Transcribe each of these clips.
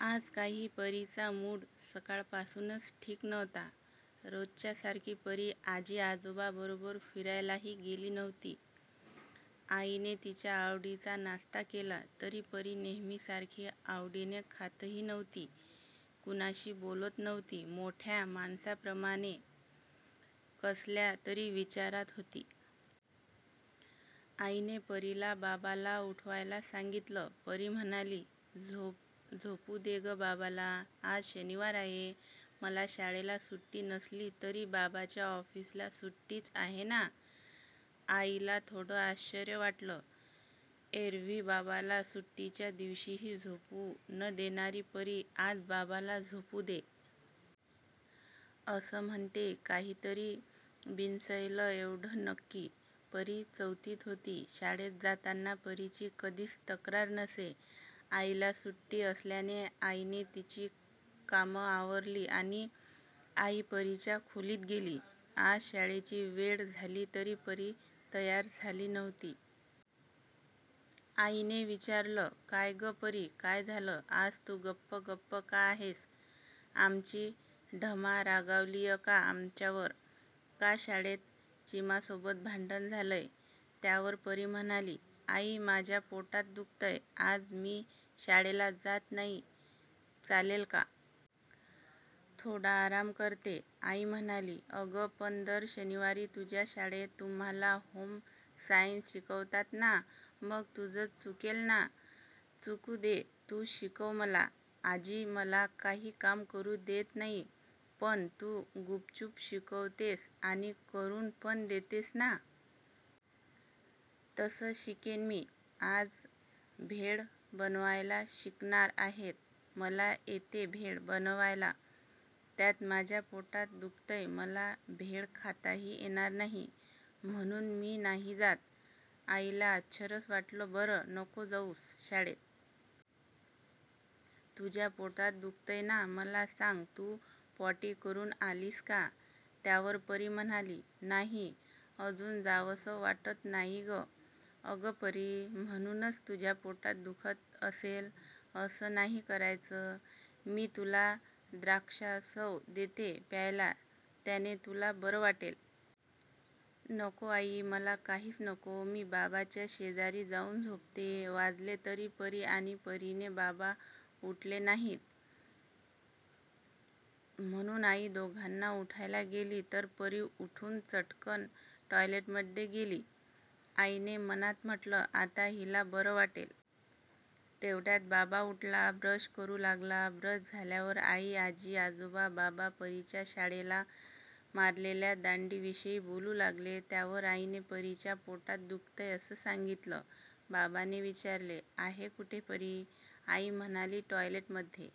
आज काही परीचा मूड सकाळपासूनच ठीक नव्हता. रोजच्यासारखी परी आजी-आजोबांबरोबर फिरायलाही गेली नव्हती. आईने तिच्या आवडीचा नाश्ता केला, तरी परी नेहमीसारखी आवडीने खातही नव्हती. कोणाशी बोलत नव्हती. मोठ्या माणसांप्रमाणे कसल्या तरी विचारात होती. आईने परीला बाबाला उठवायला सांगितलं. परी म्हणाली, "झोपूदे गं बाबाला. आज शनिवार आहे. मला शाळेला सुट्टी नसली तरी बाबाच्या ऑफिसला सुट्टीच आहे ना. " आईला थोडं आश्चर्यच वाटलं. एरव्ही बाबाला सुट्टीच्या दिवशीही झोपू न देणारी परी, 'आज बाबाला झोपू दे.. ' असं म्हणतेय. काहीतरी बिनसलंय एवढं नक्की. परी चौथीत होती. शाळेत जाताना परीची कधीच तक्रार नसे. आईला सुट्टी असल्याने आईने तिची कामं आवरली आणि आई परीच्या खोलीत गेली. आज शाळेची वेळ झाली तरी परी तयार झाली नव्हती. आईने विचारलं, "काय गं परी काय झालं? आज तू गप्प गप्प का आहेस? आमची ठमा रागावलीय का आमच्यावर? का शाळेत चिमासोबत भांडण झालंय? " त्यावर परी म्हणाली, "आई माझ्या पोटात दुखतंय. आज मी शाळेला जात नाही, चालेल का? थोडा आराम करते. " आई म्हणाली, "अगं पण दर शनिवारी तुझ्या शाळेत तुम्हांला होम सायन्स शिकवतात ना. मग तुझं चुकेल ना. " "चूकू दे. तू शिकव मला. आजी मला काही काम करू देत नाही, पण तू गुपचूप शिकवतेस आणि करू पण देतेस ना. तसं शिकेन मी. आज भेळ बनवायला शिकवणार आहेत. मला येते भेळ बनवायला. त्यात माझ्या पोटात दुखतंय. मला भेळ खाताही येणार नाही. म्हणून मी नाही जात. " आईला आश्चर्यच वाटलं. "बरं. नको जाऊस शाळेत. तुझ्या पोटात दुखतंय ना.. मला सांग, तू पॉटी करून आलीस का? " त्यावर परी म्हणाली, "नाही. अजून जावंसं वाटत नाहीये गं. " "अगं परी, म्हणूनच तुझ्या पोटात दुखत असेल. असं नाही करायचं. मी तुला द्राक्षासव देते प्यायला त्याने तुला बरं वाटेल. " "नको आई. मला काहीच नको. मी बाबाच्या शेजारी जाऊन झोपते. " वाजले तरी परी आणि परीचे बाबा उठले नाहीत. म्हणून आई दोघांना उठवायला गेली, तर परी उठून चटकन टॉयलेटमध्ये गेली. आईने मनात म्हटलं, 'आता हिला बरं वाटेल. ' तेवढ्यात बाबा उठला. ब्रश करू लागला. ब्रश झाल्यावर आई, आजी, आजोबा, बाबा परीच्या शाळेला मारलेल्या दांडीविषयी बोलू लागले. त्यावर आईने, परीच्या पोटात दुखतंय, असं सांगितलं. बाबाने विचारलं, "आहे कुठे परी? " आई म्हणाली, "टॉयलेटमध्ये.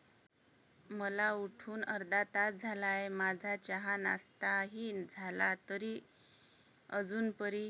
" "मला उठून अर्धा तास झालाय. माझा चहा-नाश्ताही झाला. तरी अजून परी